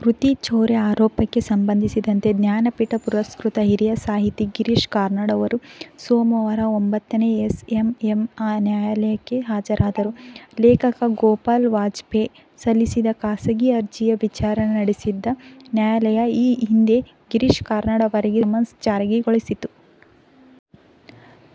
ಕೃತಿ ಚೌರ್ಯ ಆರೋಪಕ್ಕೆ ಸಂಬಂಧಿಸಿದಂತೆ ಜ್ಞಾನಪೀಠ ಪುರಸ್ಕೃತ ಹಿರಿಯ ಸಾಹಿತಿ ಗಿರೀಶ್ ಕಾರ್ನಾಡ್ ಅವರು ಸೋಮವಾರ ಒಂಬತ್ತನೇ ಎ ಸಿ ಎಂ ಎಂ ನ್ಯಾಯಾಲಯಕ್ಕೆ ಹಾಜರಾದರು. ಲೇಖಕ ಗೋಪಾಲ ವಾಜಪೇಯಿ ಸಲ್ಲಿಸಿದ ಖಾಸಗಿ ಅರ್ಜಿಯ ವಿಚಾರಣೆ ನಡೆಸಿದ್ದ ನ್ಯಾಯಾಲಯ ಈ ಹಿಂದೆ ಗಿರೀಶ್ ಕಾರ್ನಾಡ್ ಅವರಿಗೆ ಸಮನ್ಸ್ ಜಾರಿ ಗೊಳಿಸಿತ್ತು.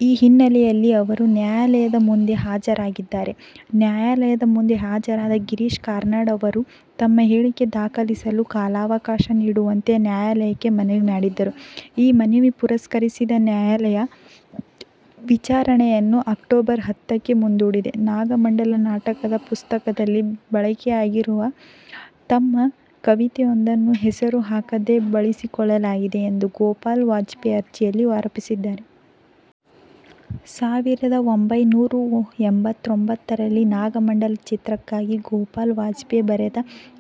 ಈ ಹಿನ್ನೆಲೆಯಲ್ಲಿ ಅವರು ನ್ಯಾಯಾಲಯದ ಮುಂದೆ ಹಾಜರಾಗಿದ್ದಾರೆ. ನ್ಯಾಯಾಲಯದ ಮುಂದೆ ಹಾಜರಾದ ಗಿರೀಶ್ ಕಾರ್ನಾಡ್ ಅವರು ತಮ್ಮ ಹೇಳಿಕೆ ದಾಖಲಿಸಲು ಕಾಲಾವಕಾಶ ನೀಡುವಂತೆ ನ್ಯಾಯಾಲಯಕ್ಕೆ ಮನವಿ ಮಾಡಿದರು. ಈ ಮನವಿ ಪುರಸ್ಕರಿಸಿದ ನ್ಯಾಯಾಲಯ ವಿಚಾರಣೆಯನ್ನು ಅಕ್ಟೋಬರ್ ಹತ್ತ ಕ್ಕೆ ಮುಂದೂಡಿದೆ. ನಾಗಮಂಡಲ ನಾಟಕದ ಪುಸ್ತಕದಲ್ಲಿ ಬಳಕೆಯಾಗಿರುವ ತಮ್ಮ ಕವಿತೆಯೊಂದನ್ನು ಹೆಸರು ಹಾಕದೆ ಬಳಸಿಕೊಳ್ಳಲಾಗಿದೆ ಎಂದು ಗೋಪಾಲ ವಾಜಪೇಯಿ ಅರ್ಜಿಯಲ್ಲಿ ಆರೋಪಿಸಿದ್ದಾರೆ. ಸಾವಿರದ ಒಂಬೈನೂರ ಎಂಬತ್ತೊಂಬತ್ತರಲ್ಲಿ ನಾಗಮಂಡಲ ಚಿತ್ರಕ್ಕಾಗಿ ಗೋಪಾಲ ವಾಜಪೇಯಿ ಬರೆದ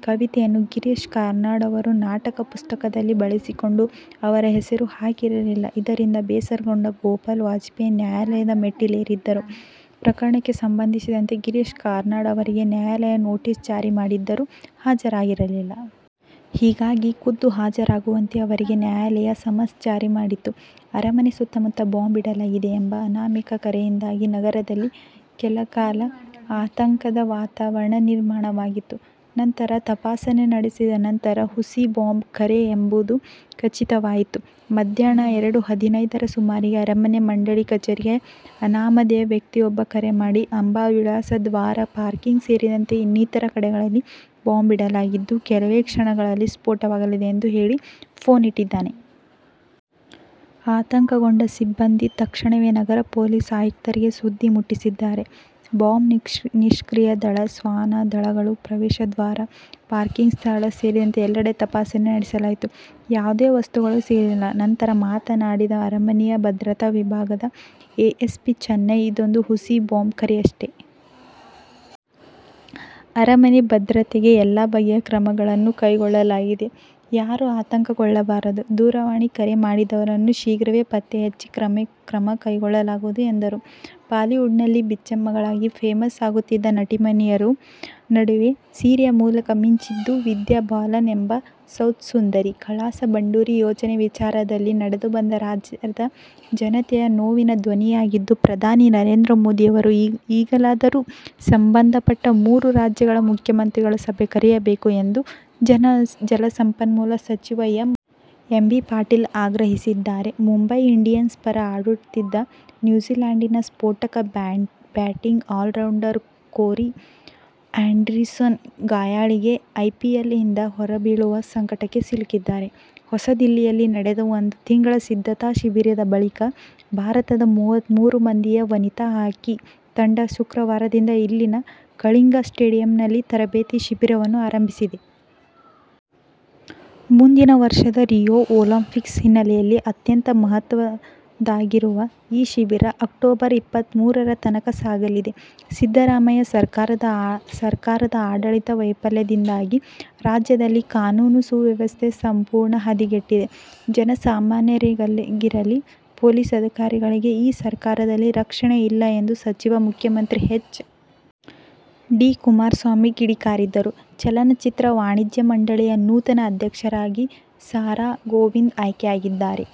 ಕವಿತೆಯನ್ನು ಗಿರೀಶ್ ಕಾರ್ನಾಡ್ ಅವರು ನಾಟಕ ಪುಸ್ತಕದಲ್ಲಿ ಬಳಸಿಕೊಂಡು ಅವರ ಹೆಸರು ಹಾಕಿರಲಿಲ್ಲ. ಇದರಿಂದ ಬೇಸರಗೊಂಡ ಗೋಪಾಲ ವಾಜಪೇಯಿ ನ್ಯಾಯಾಲಯದ ಮೆಟ್ಟಿಲೇರಿದ್ದರು. ಪ್ರಕರಣಕ್ಕೆ ಸಂಬಂಧಿಸಿದಂತೆ ಗಿರೀಶ್ ಕಾರ್ನಾಡ್ ಅವರಿಗೆ ನ್ಯಾಯಾಲಯ ನೊಟೀಸ್ ಜಾರಿ ಮಾಡಿದ್ದರೂ ಹಾಜರಾಗಿರಲಿಲ್ಲ. ಹೀಗಾಗಿ ಖುದ್ದು ಹಾಜರಾಗುವಂತೆ ಅವರಿಗೆ ನ್ಯಾಯಾಲಯ ಸಮನ್ಸ್ ಜಾರಿ ಮಾಡಿತ್ತು. ಅರಮನೆ ಸುತ್ತಮುತ್ತ ಬಾಂಬ್ ಇಡಲಾಗಿದೆ ಎಂಬ ಅನಾಮಿಕ ಕರೆಯಿಂದಾಗಿ ನಗರದಲ್ಲಿ ಕೆಲಕಾಲ ಆತಂಕದ ವಾತಾವರಣ ನಿರ್ಮಾಣವಾಗಿತ್ತು. ನಂತರ ತಪಾಸಣೆ ನಡೆಸಿದ ನಂತರ ಹುಸಿ ಬಾಂಬ್ ಕರೆ ಎಂಬುದು ಖಚಿತವಾಯಿತು. ಮಧ್ಯಾಹ್ನ ಎರಡು ಹದಿನೈದರ ಸುಮಾರಿಗೆ ಅರಮನೆ ಮಂಡಳಿ ಕಚೇರಿಗೆ ಅನಾಮಧೇಯ ವ್ಯಕ್ತಿಯೊಬ್ಬ ಕರೆ ಮಾಡಿ ಅಂಬಾವಿಲಾಸ ದ್ವಾರ, ಪಾರ್ಕಿಂಗ್ ಸೇರಿದಂತೆ ಇನ್ನಿತರ ಕಡೆಗಳಲ್ಲಿ ಬಾಂಬ್ ಇಡಲಾಗಿದ್ದು, ಕೆಲವೇ ಕ್ಷಣಗಳಲ್ಲಿ ಸ್ಫೋಟವಾಗಲಿದೆ ಎಂದು ಹೇಳಿ ಫೋನ್ ಇಟ್ಟಿದ್ದಾನೆ. ಆತಂಕಗೊಂಡ ಸಿಬ್ಬಂದಿ ತಕ್ಷಣವೇ ನಗರ ಪೊಲೀಸ್ ಆಯುಕ್ತರಿಗೆ ಸುದ್ದಿ ಮುಟ್ಟಿಸಿದ್ದಾರೆ. ಬಾಂಬ್ ನಿಷ್ಕ್ರಿಯ ದಳ, ಶ್ವಾನ ದಳಗಳು ಪ್ರವೇಶ ದ್ವಾರ, ಪಾರ್ಕಿಂಗ್ ಸ್ಥಳ ಸೇರಿದಂತೆ ಎಲ್ಲೆಡೆ ತಪಾಸಣೆ ನಡೆಸಲಾಯಿತು. ಯಾವುದೇ ವಸ್ತುಗಳು ಸಿಗಲಿಲ್ಲ. ನಂತರ ಮಾತನಾಡಿದ ಅರಮನೆ ಭದ್ರತಾ ವಿಭಾಗದ ಎ ಸಿ ಪಿ ಚನ್ನಯ್ಯ, ಇದೊಂದು ಹುಸಿ ಬಾಂಬ್ ಕರೆ ಅಷ್ಟೆ. ಅರಮನೆ ಭದ್ರತೆಗೆ ಎಲ್ಲ ಬಗೆಯ ಕ್ರಮಗಳನ್ನು ಕೈಗೊಳ್ಳಲಾಗಿದೆ. ಯಾರು ಆತಂಕಗೊಳ್ಳಬಾರದು. ದೂರವಾಣಿ ಕರೆ ಮಾಡಿದವರನ್ನು ಶೀಘ್ರವೇ ಪತ್ತೆ ಹಚ್ಚಿ ಕ್ರಮ ಕೈಗೊಳ್ಳಲಾಗುವುದು ಎಂದರು. ಬಾಲಿವುಡ್'ನಲ್ಲಿ ಬಿಚ್ಚಮ್ಮಗಳಾಗಿ ಫೇಮಸ್ ಆಗುತ್ತಿದ್ದ ನಟಿಮಣಿಯರ ನಡುವೆ ಸೀರೆಯ ಮೂಲಕ ಮಿಂಚಿದ್ದು ವಿದ್ಯಾ ಬಾಲನ್ ಎಂಬ ಸೌತ್ ಸುಂದರಿ. ಕಳಸಾ-ಬಂಡೂರಿ ಯೋಜನೆ ವಿಚಾರದಲ್ಲಿ ನಡೆದ ಬಂದ್ ರಾಜ್ಯದ ಜನತೆಯ ನೋವಿನ ಧ್ವನಿಯಾಗಿದ್ದು, ಪ್ರಧಾನಿ ನರೇಂದ್ರ ಮೋದಿ ಅವರು ಈಗಲಾದರೂ ಸಂಬಂಧಪಟ್ಟ ಮೂರೂ ರಾಜ್ಯಗಳ ಮುಖ್ಯಮಂತ್ರಿಗಳ ಸಭೆ ಕರೆಯಬೇಕು ಎಂದು ಜಲಸಂಪನ್ಮೂಲ ಸಚಿವ ಎಂ. ಬಿ. ಪಾಟೀಲ್ ಆಗ್ರಹಿಸಿದ್ದಾರೆ. ಮುಂಬೈ ಇಂಡಿಯನ್ಸ್ ಪರ ಆಡುತ್ತಿದ್ದ ನ್ಯೂಜಿಲ್ಯಾಂಡಿನ ಸ್ಫೋಟಕ ಬ್ಯಾಟಿಂಗ್ ಆಲ್ರೌಂಡರ್ ಕೋರಿ ಆ್ಯಂಡರ್ಸನ್ ಗಾಯಾಳಾಗಿ ಐ ಪಿ ಎಲ್ ನಿಂದ ಹೊರಬೀಳುವ ಸಂಕಟಕ್ಕೆ ಸಿಲುಕಿದ್ದಾರೆ. ಹೊಸದಿಲ್ಲಿಯಲ್ಲಿ ನಡೆದ ಒಂದು ತಿಂಗಳ ಸಿದ್ಧತಾ ಶಿಬಿರದ ಬಳಿಕ ಭಾರತದ ಮೂವತ್ಮೂರು ಮಂದಿಯ ವನಿತಾ ಹಾಕಿ ತಂಡ ಶುಕ್ರವಾರದಿಂದ ಇಲ್ಲಿನ "ಕಳಿಂಗಾ ಸ್ಟೇಡಿಯಂ'ನಲ್ಲಿ ತರಬೇತಿ ಶಿಬಿರವನ್ನು ಆರಂಭಿಸಿದೆ. ಮುಂದಿನ ವರ್ಷದ ರಿಯೋ ಒಲಿಂಪಿಕ್ಸ್ ಹಿನ್ನೆಲೆಯಲ್ಲಿ ಅತ್ಯಂತ ಮಹತ್ವದ್ದಾಗಿರುವ ಈ ಶಿಬಿರ ಅಕ್ಟೋಬರ್ ಇಪ್ಪತ್ಮೂರರ ತನಕ ಸಾಗಲಿದೆ. ಸಿದ್ದರಾಮಯ್ಯ ಸರ್ಕಾರದ ಆಡಳಿತ ವೈಫಲ್ಯದಿಂದಾಗಿ ರಾಜ್ಯದಲ್ಲಿ ಕಾನೂನು ಸುವ್ಯವಸ್ಥೆ ಸಂಪೂರ್ಣ ಹದಗೆಟ್ಟಿದೆ, ಜನ ಸಾಮಾನ್ಯರಿಗಿರಲಿ ಪೊಲೀಸ್ ಅಧಿಕಾರಿಗಳಿಗೇ ಈ ಸರ್ಕಾರದಲ್ಲಿ ರಕ್ಷಣೆ ಇಲ್ಲ ಎಂದು ಮಾಜಿ ಮುಖ್ಯಮಂತ್ರಿ ಎಚ್. ಡಿ. ಕುಮಾರಸ್ವಾಮಿ ಕಿಡಿಕಾರಿದರು. ಚಲನಚಿತ್ರ ವಾಣಿಜ್ಯ ಮಂಡಳಿಯ ನೂತನ ಅಧ್ಯಕ್ಷರಾಗಿ ಸಾ. ರಾ ಗೋವಿಂದು ಆಯ್ಕೆಯಾಗಿದ್ದಾರೆ.